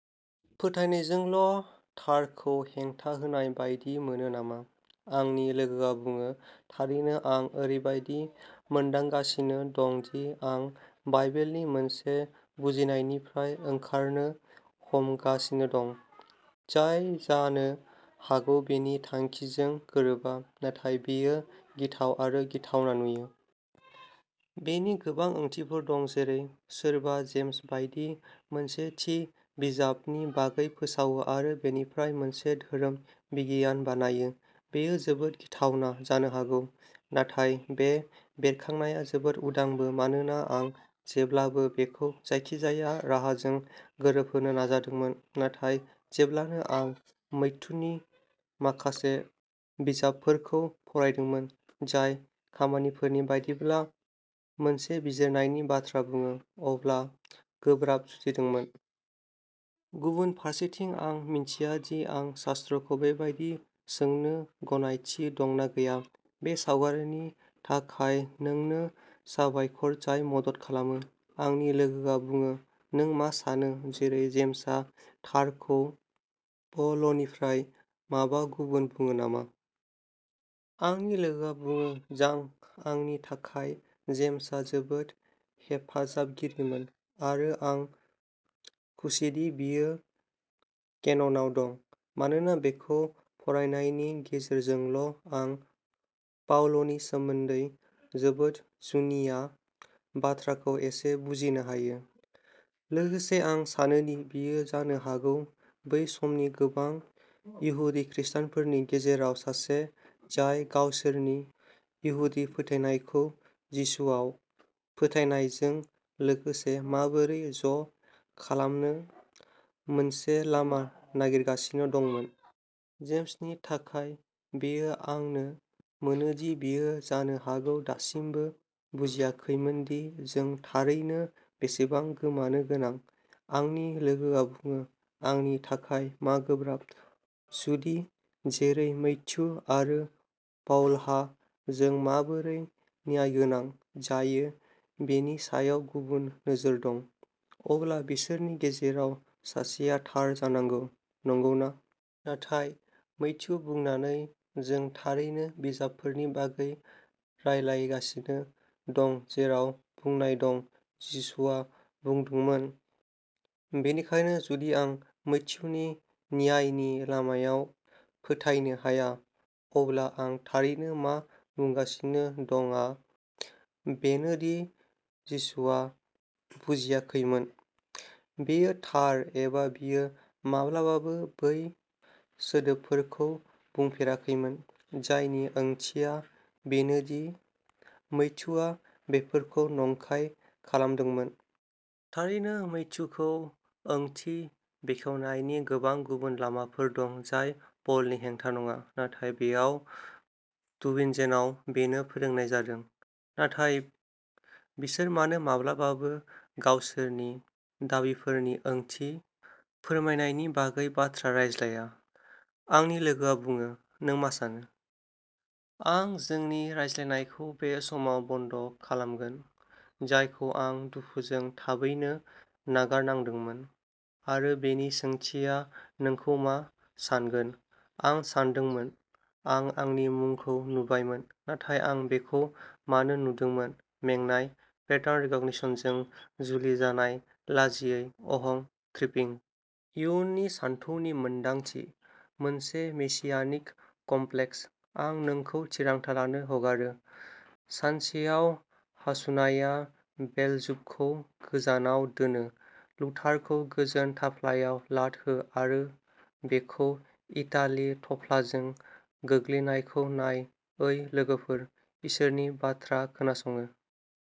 फोथायनायजोंल' थारखौ हेंथा होनाय बायदि मोनो नामा? आंनि लोगोआ बुङो थारैनो आं ओरैबायदि मोनदांगासिनो दं दि आं बाइबेलनि मोनसे बुजिनायनिफ्राय ओंखारनो हमगासिनो दं, जाय जानो हागौ बेनि थांखिजों गोरोबा। नाथाय बेयो गिथाव आरो गिथावना नुयो। बेनि गोबां ओंथिफोर दं जेरै, सोरबा जेम्स बायदि मोनसे थि बिजाबनि बागै फोसावो आरो बेनिफ्राय मोनसे धोरोम बिगियान बानायो, बेयो जोबोद गिथावना जानो हागौ। नाथाय बे बेरखांनाया जोबोद उदांबो मानोना आं जेब्लाबो बेखौ जायखिजाया राहाजों गोरोबहोनो नाजादोंमोन, नाथाय जेब्लानो आं मैथ्यूनि माखासे बिजाबफोरखौ फरायदोंमोन, जाय खामानिफोरनि बायदिब्ला मोनसे बिजिरनायनि बाथ्रा बुङो, अब्ला गोब्राब जुजिदोंमोन। गुबुन फारसेथिं आं मिथिया दि आं शास्त्रखौ बेबादि सोंनो गनायथि दं ना गैया। बे सावगारिनि थाखाय नोंनो साबायखर जाय मदद खालामो। आंनि लोगोआ बुङो "नों मा सानो जेरै जेम्सआ थारखौ प'लनिफ्राय माबा गुबुन बुङो नामा?" आंनि लोगोआ बुङो जां, आंनि थाखाय जेम्सआ जोबोद हेफाजाबगिरिमोन आरो आं खुसिदि बियो केननआव दं, मानोना बिखौ फरायनायनि गेजेरजोंल'आं पाउलनि सोमोन्दै जोबोद जुनिया बाथ्राखौ एसे बुजिनो हायो। लोगोसे आं सानोदि बियो जानो हागौ बै समनि गोबां इहुदि खृस्टानफोरनि गेजेराव सासे जाय गावसोरनि इहुदि फोथायनायखौ जिसुआव फोथायनायजों लोगोसे माबोरै ज' खालामनो मोनसे लामा नागिरगासिनो दंमोन। जेम्सनि थाखाय बेयो आंनो मोनो दि बियो जानो हागौ दासिमबो बुजियाखैमोनदि जों थारैनो बेसेबां गोमानो गोनां? आंनि लोगोआ बुङो "आंनि थाखाय मा गोब्राब" जुदि जेरै मैथ्यु आरो पाउलहा जों माबोरै न्यायगोनां जायो बेनि सायाव गुबुन नोजोर दं, अब्ला बिसोरनि गेजेराव सासेआ थार जानांगौ, नंगौना? नाथाय मैथ्यु बुंनानै जों थारैनो बिजाबफोरनि बागै रायलायगासिनो दं जेराव बुंनाय दं जिसुआ बुंदोंमोन बेनिखायनो जुदि आं मैथ्युनि न्यायनि लामायाव फोथायनो हाया, अब्ला आं थारैनो मा बुंगासिनो दंआ बेनो दि जिसुआ बुजियाखैमोन। बेयो थार एबा बियो माब्लाबाबो बै सोदोबफोरखौ बुंफेराखैमोन, जायनि ओंथिया बेनोदि मैथ्युआ बेफोरखौ नंखाय खालामदोंमोन। थारैनो मैथ्युखौ ओंथि बेखेवनायनि गोबां गुबुन लामाफोर दं जाय पाउलनि हेंथा नङा, नाथाय बेयाव तुबिनजेनआव बेनो फोरोंनाय जादों। नाथाय बिसोर मानो माब्लाबाबो गावसोरनि दाबिफोरनि ओंथि फोरमायनायनि बागै बाथ्रा रायज्लाया? आंनि लोगोआ बुङो "नों मा सानो? आं जोंनि रायज्लायनायखौ बे समाव बन्द' खालामगोन, जायखौ आं दुखुजों थाबैनो नागारनांदोंमोन आरो बिनि सोंथिया नोंखौ मा सान्गोन? आं सानदोंमोन आं आंनि मुंखौ नुबायमोन। नाथाय आं बेखौ मानो नुदोंमोन? मेंनाय? पेटार्न रिकग्निशनजों जुलि जानाय लाजियै अहं-ट्रिपिं? इयुननि सानथौनि मोनदांथि? मोनसे मेसियानिक कमप्लेक्स? आं नोंखौ थिरांथा लानो हगारो"। सानसेयाव हासुनाया बेलजेबुबखौ गोजानाव दोनो लुथारखौ गोजोन थफ्लायाव लात हो आरो बिखौ इटानि थफ्लाजों गोग्लैनायखौ नाय ओइ लोगोफोर, इसोरनि बाथ्रा खोनासङो।